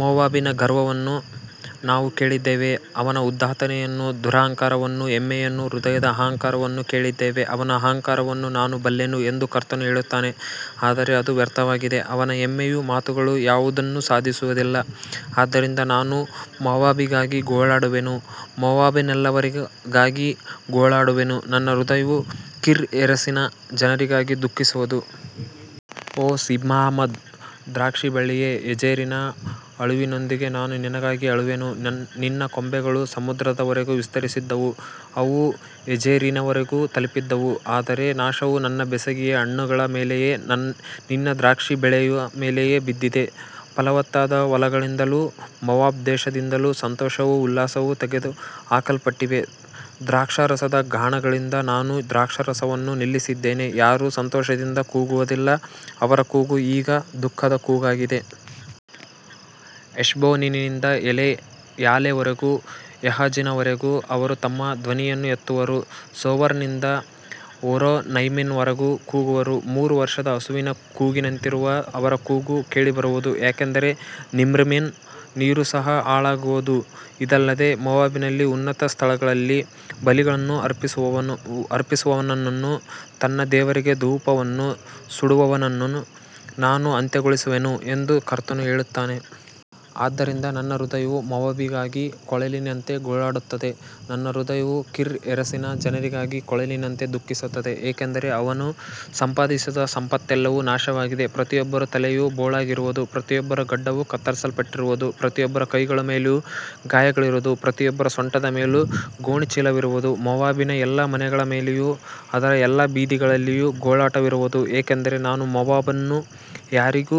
ಮೋವಾಬಿನ ಗರ್ವವನ್ನು ನಾವು ಕೇಳಿದ್ದೇವೆ, ಅವನ ಉದಾತ್ತತೆಯನ್ನೂ ದುರಹಂಕಾರವನ್ನೂ ಹೆಮ್ಮೆಯನ್ನೂ ಹೃದಯದ ಅಹಂಕಾರವನ್ನೂ ಕೇಳಿದ್ದೇವೆ. ಅವನ ಅಹಂಕಾರವನ್ನು ನಾನು ಬಲ್ಲೆನು ಎಂದು ಕರ್ತನು ಹೇಳುತ್ತಾನೆ, ಆದರೆ ಅದು ವ್ಯರ್ಥವಾಗಿದೆ, ಅವನ ಹೆಮ್ಮೆಯ ಮಾತುಗಳು ಯಾವುದನ್ನೂ ಸಾಧಿಸುವುದಿಲ್ಲ. ಆದ್ದರಿಂದ ನಾನು ಮೋವಾಬಿಗಾಗಿ ಗೋಳಾಡುವೆನು, ಮೋವಾಬಿನೆಲ್ಲರಿಗಾಗಿ ಗೋಳಾಡುವೆನು, ನನ್ನ ಹೃದಯವು ಕೀರ್‌ಹೆರೆಸಿನ ಜನರಿಗಾಗಿ ದುಃಖಿಸುವುದು. ಓ ಸಿಬ್ಮಾದ ದ್ರಾಕ್ಷಿಬಳ್ಳಿಯೇ, ಯಜೆರಿನ ಅಳುವಿನೊಂದಿಗೆ ನಾನು ನಿನಗಾಗಿ ಅಳುವೆನು, ನಿನ್ನ ಕೊಂಬೆಗಳು ಸಮುದ್ರದವರೆಗೂ ವಿಸ್ತರಿಸಿದ್ದವು, ಅವು ಯಜೆರಿನವರೆಗೂ ತಲುಪಿದ್ದವು, ಆದರೆ ನಾಶವು ನಿನ್ನ ಬೇಸಿಗೆಯ ಹಣ್ಣುಗಳ ಮೇಲೆಯೂ ನಿನ್ನ ದ್ರಾಕ್ಷಿ ಬೆಳೆಯ ಮೇಲೆಯೂ ಬಿದ್ದಿದೆ. ಫಲವತ್ತಾದ ಹೊಲಗಳಿಂದಲೂ ಮೋವಾಬ್ ದೇಶದಿಂದಲೂ ಸಂತೋಷವೂ ಉಲ್ಲಾಸವೂ ತೆಗೆದುಹಾಕಲ್ಪಟ್ಟಿವೆ, ದ್ರಾಕ್ಷಾರಸದ ಗಾಣಗಳಿಂದ ನಾನು ದ್ರಾಕ್ಷಾರಸವನ್ನು ನಿಲ್ಲಿಸಿದ್ದೇನೆ, ಯಾರೂ ಸಂತೋಷದಿಂದ ಕೂಗುವುದಿಲ್ಲ, ಅವರ ಕೂಗು ಈಗ ದುಃಖದ ಕೂಗಾಗಿದೆ. ಹೆಷ್ಬೋನಿನಿಂದ ಎಲೆಯಾಲೆಯವರೆಗೂ, ಯಹಜಿನವರೆಗೂ ಅವರು ತಮ್ಮ ಧ್ವನಿಯನ್ನು ಎತ್ತುವರು, ಸೋವರ್‌ನಿಂದ ಹೋರೋನೈಮಿನವರೆಗೂ ಕೂಗುವರು, ಮೂರು ವರ್ಷದ ಹಸುವಿನ ಕೂಗಿನಂತಿರುವ ಅವರ ಕೂಗು ಕೇಳಿಬರುವುದು, ಏಕೆಂದರೆ ನಿಮ್ರೀಮಿನ ನೀರೂ ಸಹ ಹಾಳಾಗುವುದು. ಇದಲ್ಲದೆ ಮೋವಾಬಿನಲ್ಲಿ, ಉನ್ನತ ಸ್ಥಳಗಳಲ್ಲಿ ಬಲಿಗಳನ್ನು ಅರ್ಪಿಸುವವನನ್ನೂ ತನ್ನ ದೇವರಿಗೆ ಧೂಪವನ್ನು ಸುಡುವವನನ್ನೂ ನಾನು ಅಂತ್ಯಗೊಳಿಸುವೆನು ಎಂದು ಕರ್ತನು ಹೇಳುತ್ತಾನೆ. ಆದ್ದರಿಂದ ನನ್ನ ಹೃದಯವು ಮೋವಾಬಿಗಾಗಿ ಕೊಳಲಿನಂತೆ ಗೋಳಾಡುತ್ತದೆ, ನನ್ನ ಹೃದಯವು ಕೀರ್‌ಹೆರೆಸಿನ ಜನರಿಗಾಗಿ ಕೊಳಲಿನಂತೆ ದುಃಖಿಸುತ್ತದೆ, ಏಕೆಂದರೆ ಅವನು ಸಂಪಾದಿಸಿದ ಸಂಪತ್ತೆಲ್ಲವೂ ನಾಶವಾಗಿದೆ. ಪ್ರತಿಯೊಬ್ಬರ ತಲೆಯೂ ಬೋಳಾಗಿರುವುದು, ಪ್ರತಿಯೊಬ್ಬರ ಗಡ್ಡವೂ ಕತ್ತರಿಸಲ್ಪಟ್ಟಿರುವುದು, ಪ್ರತಿಯೊಬ್ಬರ ಕೈಗಳ ಮೇಲೂ ಗಾಯಗಳಿರುವುದು, ಪ್ರತಿಯೊಬ್ಬರ ಸೊಂಟದ ಮೇಲೂ ಗೋಣಿಚೀಲವಿರುವುದು. ಮೋವಾಬಿನ ಎಲ್ಲಾ ಮನೆಗಳ ಮೇಲೆಯೂ ಅದರ ಎಲ್ಲಾ ಬೀದಿಗಳಲ್ಲಿಯೂ ಗೋಳಾಟವಿರುವುದು, ಏಕೆಂದರೆ ನಾನು ಮೋವಾಬನ್ನು ಯಾರಿಗೂ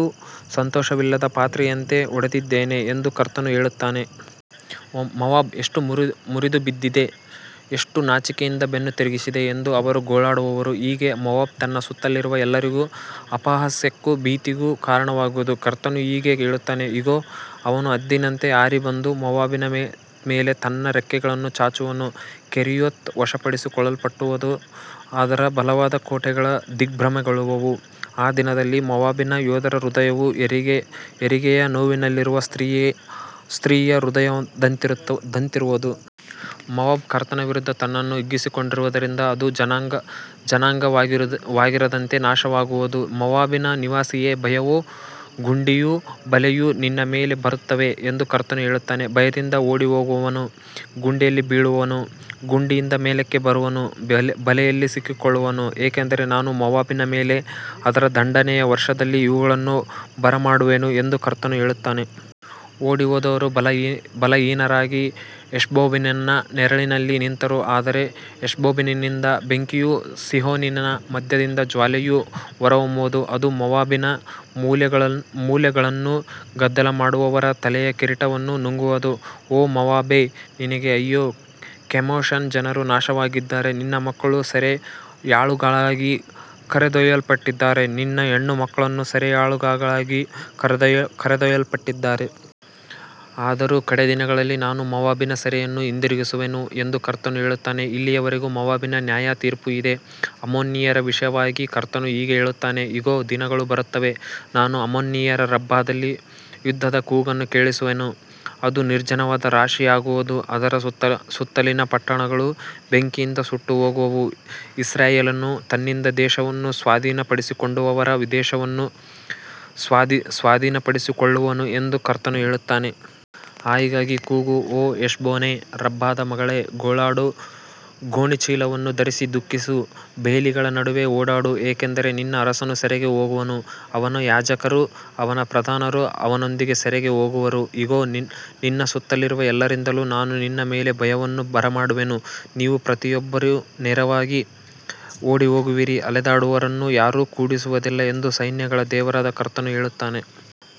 ಸಂತೋಷವಿಲ್ಲದ ಪಾತ್ರೆಯಂತೆ ಒಡೆದಿದ್ದೇನೆ ಎಂದು ಕರ್ತನು ಹೇಳುತ್ತಾನೆ. ಮೋವಾಬ್ ಎಷ್ಟು ಮುರಿದುಬಿದ್ದಿದೆ, ಎಷ್ಟು ನಾಚಿಕೆಯಿಂದ ಬೆನ್ನು ತಿರುಗಿಸಿದೆ ಎಂದು ಅವರು ಗೋಳಾಡುವರು, ಹೀಗೆ ಮೋವಾಬ್ ತನ್ನ ಸುತ್ತಲಿರುವ ಎಲ್ಲರಿಗೂ ಅಪಹಾಸ್ಯಕ್ಕೂ ಭೀತಿಗೂ ಕಾರಣವಾಗುವುದು. ಕರ್ತನು ಹೀಗೆ ಹೇಳುತ್ತಾನೆ, ಇಗೋ, ಅವನು ಹದ್ದಿನಂತೆ ಹಾರಿಬಂದು ಮೋವಾಬಿನ ಮೇಲೆ ತನ್ನ ರೆಕ್ಕೆಗಳನ್ನು ಚಾಚುವನು, ಕೆರಿಯೋತ್ ವಶಪಡಿಸಿಕೊಳ್ಳಲ್ಪಡುವುದು, ಅದರ ಬಲವಾದ ಕೋಟೆಗಳು ದಿಗ್ಭ್ರಮೆಗೊಳ್ಳುವವು, ಆ ದಿನದಲ್ಲಿ ಮೋವಾಬಿನ ಯೋಧರ ಹೃದಯವು ಹೆರಿಗೆಯ ನೋವಿನಲ್ಲಿರುವ ಸ್ತ್ರೀಯ ಹೃದಯದಂತಿರುವುದು. ಮೋವಾಬ್ ಕರ್ತನ ವಿರುದ್ಧ ತನ್ನನ್ನು ಹಿಗ್ಗಿಸಿಕೊಂಡಿರುವುದರಿಂದ ಅದು ಜನಾಂಗವಾಗಿರದಂತೆ ನಾಶವಾಗುವುದು. ಮೋವಾಬಿನ ನಿವಾಸಿಯೇ, ಭಯವೂ ಗುಂಡಿಯೂ ಬಲೆಯೂ ನಿನ್ನ ಮೇಲೆ ಬರುತ್ತವೆ ಎಂದು ಕರ್ತನು ಹೇಳುತ್ತಾನೆ. ಭಯದಿಂದ ಓಡಿಹೋಗುವವನು ಗುಂಡಿಯಲ್ಲಿ ಬೀಳುವನು, ಗುಂಡಿಯಿಂದ ಮೇಲಕ್ಕೆ ಬರುವವನು ಬಲೆಯಲ್ಲಿ ಸಿಕ್ಕಿಕೊಳ್ಳುವನು, ಏಕೆಂದರೆ ನಾನು ಮೋವಾಬಿನ ಮೇಲೆ ಅದರ ದಂಡನೆಯ ವರ್ಷದಲ್ಲಿ ಇವುಗಳನ್ನು ಬರಮಾಡುವೆನು ಎಂದು ಕರ್ತನು ಹೇಳುತ್ತಾನೆ. ಓಡಿಹೋದವರು ಬಲಹೀನರಾಗಿ ಹೆಷ್ಬೋನಿನ ನೆರಳಿನಲ್ಲಿ ನಿಂತರು, ಆದರೆ ಹೆಷ್ಬೋನಿನಿಂದ ಬೆಂಕಿಯೂ ಸೀಹೋನಿನ ಮಧ್ಯದಿಂದ ಜ್ವಾಲೆಯೂ ಹೊರಹೊಮ್ಮುವುದು, ಅದು ಮೋವಾಬಿನ ಮೂಲೆಗಳನ್ನೂ ಗದ್ದಲಮಾಡುವವರ ತಲೆಯ ಕಿರೀಟವನ್ನೂ ನುಂಗುವುದು. ಓ ಮೋವಾಬೇ, ನಿನಗೆ ಅಯ್ಯೋ, ಕೆಮೋಷನ ಜನರು ನಾಶವಾಗಿದ್ದಾರೆ, ನಿನ್ನ ಮಕ್ಕಳು ಸೆರೆಯಾಳುಗಳಾಗಿ ಕರೆದೊಯ್ಯಲ್ಪಟ್ಟಿದ್ದಾರೆ, ನಿನ್ನ ಹೆಣ್ಣುಮಕ್ಕಳೂ ಸೆರೆಯಾಳುಗಳಾಗಿ ಕರೆದೊಯ್ಯಲ್ಪಟ್ಟಿದ್ದಾರೆ. ಆದರೂ ಕಡೇ ದಿನಗಳಲ್ಲಿ ನಾನು ಮೋವಾಬಿನ ಸೆರೆಯನ್ನು ಹಿಂದಿರುಗಿಸುವೆನು ಎಂದು ಕರ್ತನು ಹೇಳುತ್ತಾನೆ. ಇಲ್ಲಿಯವರೆಗೆ ಮೋವಾಬಿನ ನ್ಯಾಯತೀರ್ಪು ಇದೆ. ಅಮ್ಮೋನಿಯರ ವಿಷಯವಾಗಿ ಕರ್ತನು ಹೀಗೆ ಹೇಳುತ್ತಾನೆ, ಇಗೋ, ದಿನಗಳು ಬರುತ್ತವೆ, ನಾನು ಅಮ್ಮೋನಿಯರ ರಬ್ಬಾದಲ್ಲಿ ಯುದ್ಧದ ಕೂಗನ್ನು ಕೇಳಿಸುವೆನು, ಅದು ನಿರ್ಜನವಾದ ರಾಶಿಯಾಗುವುದು, ಅದರ ಸುತ್ತಲಿನ ಪಟ್ಟಣಗಳು ಬೆಂಕಿಯಿಂದ ಸುಟ್ಟುಹೋಗುವವು, ಇಸ್ರಾಯೇಲನು ತನ್ನಿಂದ ದೇಶವನ್ನು ಸ್ವಾಧೀನಪಡಿಸಿಕೊಂಡವರ ದೇಶವನ್ನು ಸ್ವಾಧೀನಪಡಿಸಿಕೊಳ್ಳುವನು ಎಂದು ಕರ್ತನು ಹೇಳುತ್ತಾನೆ. ಆಯಿಗಾಗಿ ಕೂಗು, ಓ ಹೆಷ್ಬೋನೇ, ರಬ್ಬಾದ ಮಗಳೇ, ಗೋಳಾಡು, ಗೋಣಿಚೀಲವನ್ನು ಧರಿಸಿ ದುಃಖಿಸು, ಬೇಲಿಗಳ ನಡುವೆ ಓಡಾಡು, ಏಕೆಂದರೆ ನಿನ್ನ ಅರಸನು ಸೆರೆಗೆ ಹೋಗುವನು, ಅವನ ಯಾಜಕರೂ ಅವನ ಪ್ರಧಾನರೂ ಅವನೊಂದಿಗೆ ಸೆರೆಗೆ ಹೋಗುವರು. ಇಗೋ, ನಿನ್ನ ಸುತ್ತಲಿರುವ ಎಲ್ಲರಿಂದಲೂ ನಾನು ನಿನ್ನ ಮೇಲೆ ಭಯವನ್ನು ಬರಮಾಡುವೆನು, ನೀವು ಪ್ರತಿಯೊಬ್ಬರೂ ನೇರವಾಗಿ ಓಡಿಹೋಗುವಿರಿ, ಅಲೆದಾಡುವವರನ್ನು ಯಾರೂ ಕೂಡಿಸುವುದಿಲ್ಲ ಎಂದು ಸೈನ್ಯಗಳ ದೇವರಾದ ಕರ್ತನು ಹೇಳುತ್ತಾನೆ.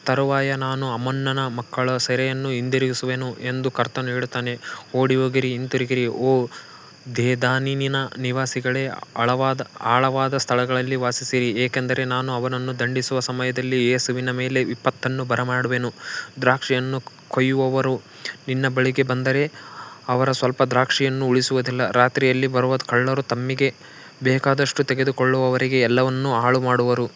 ತರುವಾಯ ನಾನು ಅಮ್ಮೋನನ ಮಕ್ಕಳ ಸೆರೆಯನ್ನು ಹಿಂದಿರುಗಿಸುವೆನು ಎಂದು ಕರ್ತನು ಹೇಳುತ್ತಾನೆ. ಓಡಿಹೋಗಿರಿ, ಹಿಂತಿರುಗಿರಿ, ಓ ದೇದಾನಿನ ನಿವಾಸಿಗಳೇ, ಆಳವಾದ ಸ್ಥಳಗಳಲ್ಲಿ ವಾಸಿಸಿರಿ, ಏಕೆಂದರೆ ನಾನು ಅವನನ್ನು ದಂಡಿಸುವ ಸಮಯದಲ್ಲಿ ಏಸಾವಿನ ಮೇಲೆ ವಿಪತ್ತನ್ನು ಬರಮಾಡುವೆನು. ದ್ರಾಕ್ಷಿಯನ್ನು ಕೊಯ್ಯುವವರು ನಿನ್ನ ಬಳಿಗೆ ಬಂದರೆ, ಅವರು ಸ್ವಲ್ಪ ದ್ರಾಕ್ಷಿಯನ್ನೂ ಉಳಿಸುವುದಿಲ್ಲ, ರಾತ್ರಿಯಲ್ಲಿ ಬರುವ ಕಳ್ಳರು ತಮ್ಮಿಗೆ ಬೇಕಾದಷ್ಟು ತೆಗೆದುಕೊಳ್ಳುವವರೆಗೆ ಎಲ್ಲವನ್ನೂ ಹಾಳುಮಾಡುವರು.